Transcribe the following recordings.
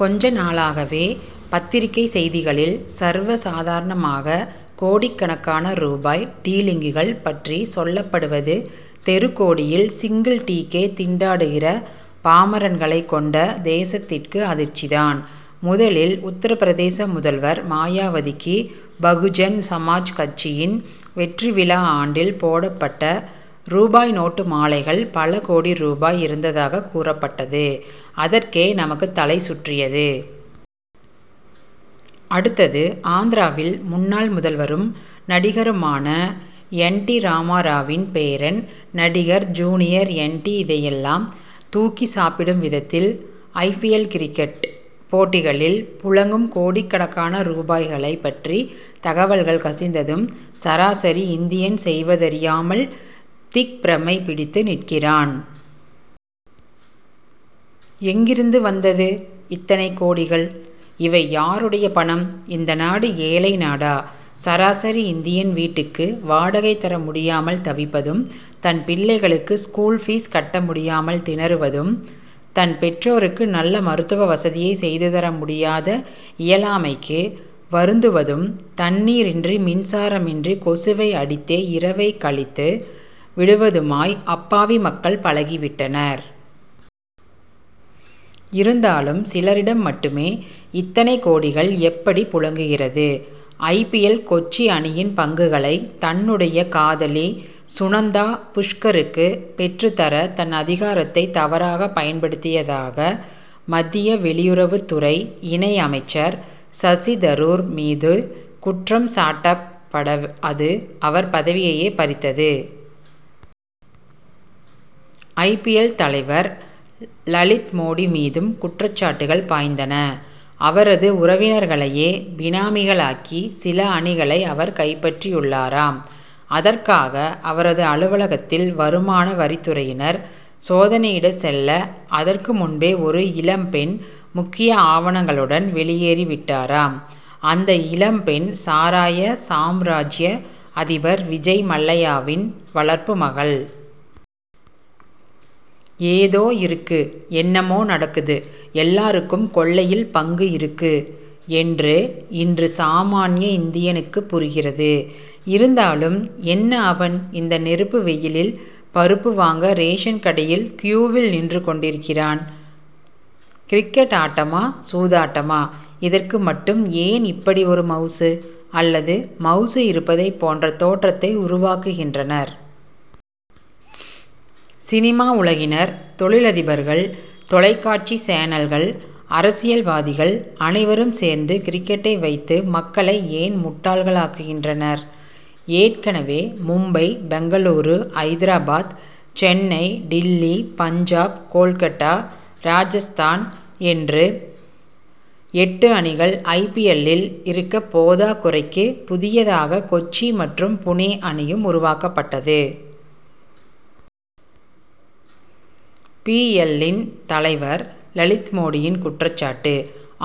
கொஞ்ச நாளாகவே பத்திரிகை செய்திகளில் சர்வ சாதாரணமாக கோடிக்கணக்கான ரூபாய் டீலிங்குகள் பற்றி சொல்லப்படுவது தெருக்கோடியில் சிங்கிள் டீக்கே திண்டாடுகிற பாமரன்களை கொண்ட தேசத்திற்கு அதிர்ச்சி தான். முதலில் உத்தரபிரதேச முதல்வர் மாயாவதிக்கு பகுஜன் சமாஜ் கட்சியின் வெற்றி விழா ஆண்டில் போடப்பட்ட ரூபாய் நோட்டு மாலைகளில் பல கோடி ரூபாய் இருந்ததாகக் கூறப்பட்டது அதற்கே நமக்கு தலை சுற்றியது. அடுத்தது ஆந்திராவில் முன்னாள் முதல்வரும் நடிகருமான என். டி. ராமாராவின் பேரன் நடிகர் ஜூனியர் என். டி. இதையெல்லாம் தூக்கி சாப்பிடும் விதத்தில் ஐ. பி. எல். கிரிக்கெட் போட்டிகளில் புழங்கும் கோடிக்கணக்கான ரூபாய்களை பற்றி தகவல்கள் கசிந்ததும் சராசரி இந்தியன் செய்வதறியாமல் திக்பிரமை பிடித்து நிற்கிறான். எங்கிருந்து வந்தது இத்தனை கோடிகள்? இவை யாருடைய பணம்? இந்த நாடு ஏழை நாடா? சராசரி இந்தியன் வீட்டுக்கு வாடகை தர முடியாமல் தவிப்பதும் தன் பிள்ளைகளுக்கு ஸ்கூல் பீஸ் கட்ட முடியாமல் திணறுவதும் தன் பெற்றோருக்கு நல்ல மருத்துவ வசதியை செய்து தர முடியாத இயலாமைக்கு வருந்துவதும் தண்ணீரின்றி மின்சாரமின்றி கொசுவை அடித்தே இரவைக் கழித்து விடுவதுமாய் அப்பாவி மக்கள் பழகி விட்டனர். இருந்தாலும் சிலரிடம் மட்டுமே இத்தனை கோடிகள் எப்படி புழங்குகிறது? ஐ. பி. எல். கொச்சி அணியின் பங்குகளை தன்னுடைய காதலி சுனந்தா புஷ்கருக்கு பெற்றுத்தர தன் அதிகாரத்தை தவறாக பயன்படுத்தியதாக மத்திய வெளியுறவுத் துறை இணை அமைச்சர் சசி தரூர் மீது குற்றம் சாட்டப் பட அது அவர் பதவியையே பறித்தது. ஐ. பி. எல். தலைவர் லலித் மோடி மீதும் குற்றச்சாட்டுகள் பாய்ந்தன. அவரது உறவினர்களையே பினாமிகளாக்கி சில அணிகளை அவர் கைப்பற்றியுள்ளாராம். அதற்காக அவரது அலுவலகத்தில் வருமான வரித்துறையினர் சோதனையிட செல்ல அதற்கு முன்பே ஒரு இளம் பெண் முக்கிய ஆவணங்களுடன் வெளியேறிவிட்டாராம். அந்த இளம் பெண் சாராய சாம்ராஜ்ய அதிபர் விஜய் மல்லையாவின் வளர்ப்பு மகள். ஏதோ இருக்கு என்னமோ நடக்குது எல்லாருக்கும் கொள்ளையில் பங்கு இருக்கு என்று இன்று சாமான்ய இந்தியனுக்குப் புரிகிறது. இருந்தாலும் என்னஅவன் இந்த நெருப்பு வெயிலில் பருப்பு வாங்க ரேஷன் கடையில் க்யூவில் நின்று கொண்டிருக்கிறான். கிரிக்கெட் ஆட்டமா சூதாட்டமா? இதற்கு மட்டும் ஏன் இப்படி ஒரு மவுசு அல்லது மவுசு இருப்பதை போன்ற தோற்றத்தை உருவாக்குகின்றனர்? சினிமா உலகினர் தொழிலதிபர்கள் தொலைக்காட்சி சேனல்கள் அரசியல்வாதிகள் அனைவரும் சேர்ந்து கிரிக்கெட்டை வைத்து மக்களை ஏன் முட்டாள்களாக்குகின்றனர். ஏற்கனவே மும்பை பெங்களூரு ஐதராபாத் சென்னை டில்லி பஞ்சாப் கோல்கட்டா ராஜஸ்தான் என்று எட்டு அணிகள் ஐ. பி. எல்.லில் இருக்க போதாக்குறைக்கு புதியதாக கொச்சி மற்றும் புனே அணியும் உருவாக்கப்பட்டது. பி. எல்.லின் தலைவர் லலித் மோடியின் குற்றச் சாட்டு.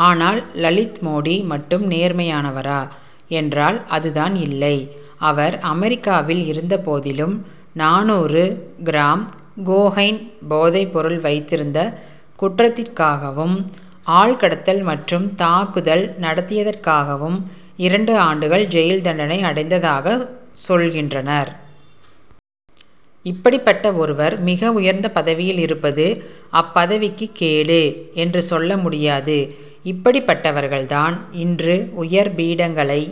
ஆனால் லலித் மோடி மட்டும் நேர்மையானவரா என்றால் அதுதான் இல்லை. அவர் அமெரிக்காவில் இருந்தபோதிலும் நானூறு கிராம் கோகைன் போதை பொருள் வைத்திருந்த குற்றத்திற்காகவும் ஆள்கடத்தல் மற்றும் தாக்குதல் நடத்தியதற்காகவும் இரண்டு ஆண்டுகள் ஜெயில் தண்டனை அடைந்ததாக சொல்கின்றனர். இப்படிப்பட்ட ஒருவர் மிக உயர்ந்த பதவியில் இருப்பது அப்பதவிக்கு கேடு என்று சொல்ல முடியாது இப்படிப்பட்டவர்கள் தான் இன்று உயர் பீடங்களை